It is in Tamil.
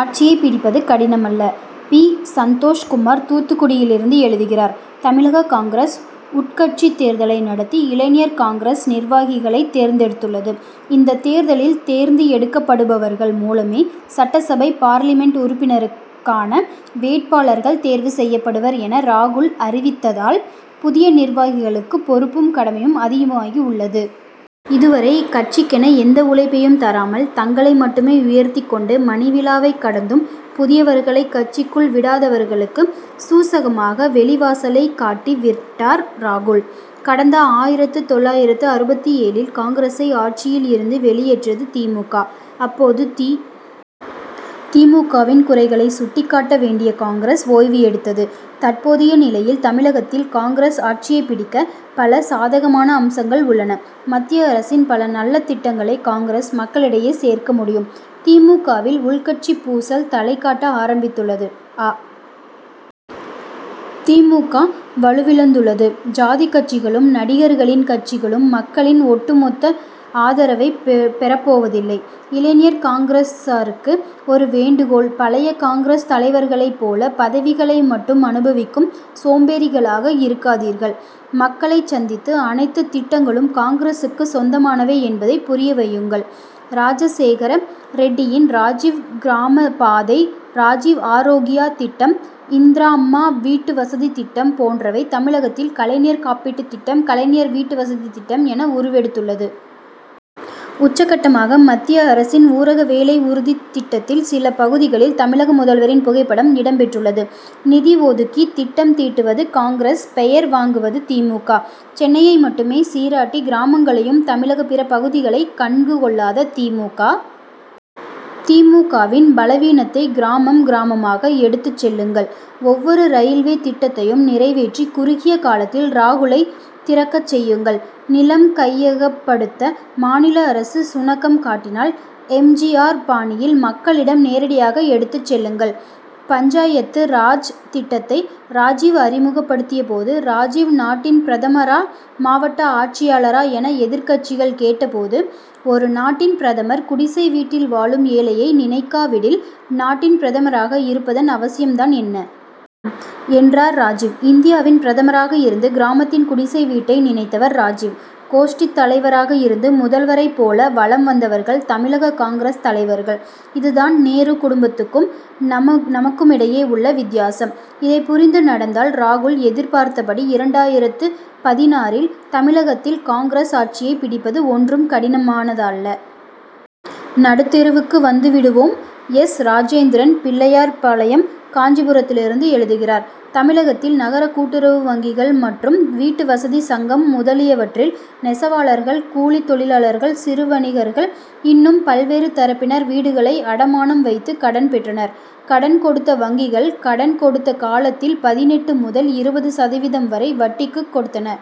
ஆட்சியைப் பிடிப்பது கடினமல்ல! பி. சந்தோஷ்குமார் தூத்துக்குடியிலிருந்து எழுதுகிறார் தமிழக காங்கிரஸ் உட்கட்சித் தேர்தலை நடத்தி இளைஞர் காங்கிரஸ் நிர்வாகிகளைத் தேர்ந்தெடுத்துள்ளது. இந்தத் தேர்தலில் தேர்ந்து எடுக்கப்படுபவர்கள் மூலமே சட்டசபை பார்லிமென்ட் உறுப்பினருக் கான வேட்பாளர்கள் தேர்வு செய்யப்படுவர் என ராகுல் அறிவித்ததால் புதிய நிர்வாகிகளுக்கு பொறுப்பும் கடமையும் அதிகமாகி உள்ளது. இதுவரை கட்சிக்கென எந்த உழைப்பையும் தராமல் தங்களை மட்டுமே உயர்த்திக் கொண்டு மணிவிழாவைக் கடந்தும் புதியவர்களைக் கட்சிக்குள் விடாதவர்களுக்கு சூசகமாக வெளிவாசலைக் காட்டி விட்டார் ராகுல். கடந்த ஆயிரத்து தொள்ளாயிரத்து அறுபத்து ஏழில் காங்கிரசை ஆட்சியில் இருந்து வெளியேற்றியது தி. மு. க. அப்போது தி. மு. க.வின் குறைகளை சுட்டிக்காட்ட வேண்டிய காங்கிரஸ் ஓய்வு எடுத்தது. தற்போதைய நிலையில் தமிழகத்தில் காங்கிரஸ் ஆட்சியைப் பிடிக்க பல சாதகமான அம்சங்கள் உள்ளன. மத்திய அரசின் பல நல்ல திட்டங்களை காங்கிரஸ் மக்களிடையே சேர்க்க முடியும். தி. மு. க.வில் உட்கட்சிப்பூசல் தலைகாட்ட ஆரம்பித்துள்ளது அ. தி. மு. க. வலுவிழந்துள்ளது. ஜாதிக்கட்சிகளும் நடிகர்களின் கட்சிகளும் மக்களின் ஒட்டுமொத்த ஆதரவைப் பெறப்போவதில்லை. இளைஞர் காங்கிரசாருக்கு ஒரு வேண்டுகோள்பழைய காங்கிரஸ் தலைவர்களைப் போல பதவிகளை மட்டும் அனுபவிக்கும் சோம்பேறிகளாக இருக்காதீர்கள். மக்களைச் சந்தித்து அனைத்துத் திட்டங்களும் காங்கிரசுக்கு சொந்தமானவை என்பதை புரிய வையுங்கள். ராஜசேகர ரெட்டியின் ராஜிவ் கிராமபாதை ராஜிவ் ஆரோக்யா திட்டம் இந்திராம்மா வீட்டுவசதி திட்டம் போன்றவை தமிழகத்தில் கலைஞர் காப்பீட்டு திட்டம் கலைஞர் வீட்டு வசதி திட்டம் என உருவெடுத்துள்ளது. உச்சகட்டமாக மத்திய அரசின் ஊரக வேலை உறுதித் திட்டத்தில் சில பகுதிகளில் தமிழக முதல்வரின் புகைப்படம் இடம் பெற்றுள்ளது. நிதி ஒதுக்கி திட்டம் தீட்டுவது காங்கிரஸ் பெயர் வாங்குவது தி. மு. க. சென்னையை மட்டுமே சீராட்டி கிராமங்களையும் தமிழக பிற பகுதிகளை கண்டுகொள்ளாத தி. மு. க.வின் பலவீனத்தை கிராமம் கிராமமாக எடுத்துச் சொல்லுங்கள். ஒவ்வொரு ரயில்வே திட்டத்தையும் நிறைவேற்றி குறுகிய காலத்தில் ராகுலை திறக்கச் செய்யுங்கள். நிலம் கையகப்படுத்த மாநில அரசு சுணக்கம் காட்டினால் எம். ஜி. ஆர். பாணியில் மக்களிடம் நேரடியாக எடுத்துச் சொல்லுங்கள். பஞ்சாயத்து ராஜ் திட்டத்தை ராஜிவ் அறிமுகப்படுத்தியபோது ராஜிவ் நாட்டின் பிரதமரா மாவட்ட ஆட்சியாளரா என எதிர்க்கட்சிகள் கேட்டபோது ஒரு நாட்டின் பிரதமர் குடிசை வீட்டில் வாழும் ஏழையை நினைக்காவிடில் நாட்டின் பிரதமராக இருப்பதன் அவசியம் தான் என்ன! என்றார் ராஜிவ். இந்தியாவின் பிரதமராக இருந்து கிராமத்தின் குடிசை வீட்டை நினைத்தவர் ராஜிவ். கோஷ்டித் தலைவராக இருந்து முதல்வரைப் போல வலம் வந்தவர்கள் தமிழக காங்கிரஸ் தலைவர்கள். இதுதான் நேரு குடும்பத்துக் கும் நமக்குமிடையே உள்ள வித்தியாசம். இதை புரிந்து நடந்தால் ராகுல் எதிர்பார்த்தபடி இரண்டாயிரத்து பதினாறில் தமிழகத்தில் காங்கிரஸ் ஆட்சியை பிடிப்பது ஒன்றும் கடினமானதல்ல. நடுத்தெருவுக்கு வந்துவிடுவோம்! எஸ். ராஜேந்திரன் பிள்ளையார்பாளையம் காஞ்சிபுரத்திலிருந்து எழுதுகிறார் தமிழகத்தில் நகர கூட்டுறவு வங்கிகள் மற்றும் வீட்டு வசதி சங்கம் முதலியவற்றில் நெசவாளர்கள் கூலித் தொழிலாளர்கள் சிறு வணிகர்கள் இன்னும் பல்வேறு தரப்பினர் வீடுகளை அடமானம் வைத்து கடன் பெற்றனர். கடன் கொடுத்த வங்கிகள் கடன் கொடுத்த காலத்தில் பதினெட்டு முதல் இருபது சதவீதம் வரை வட்டிக்கு கொடுத்தன.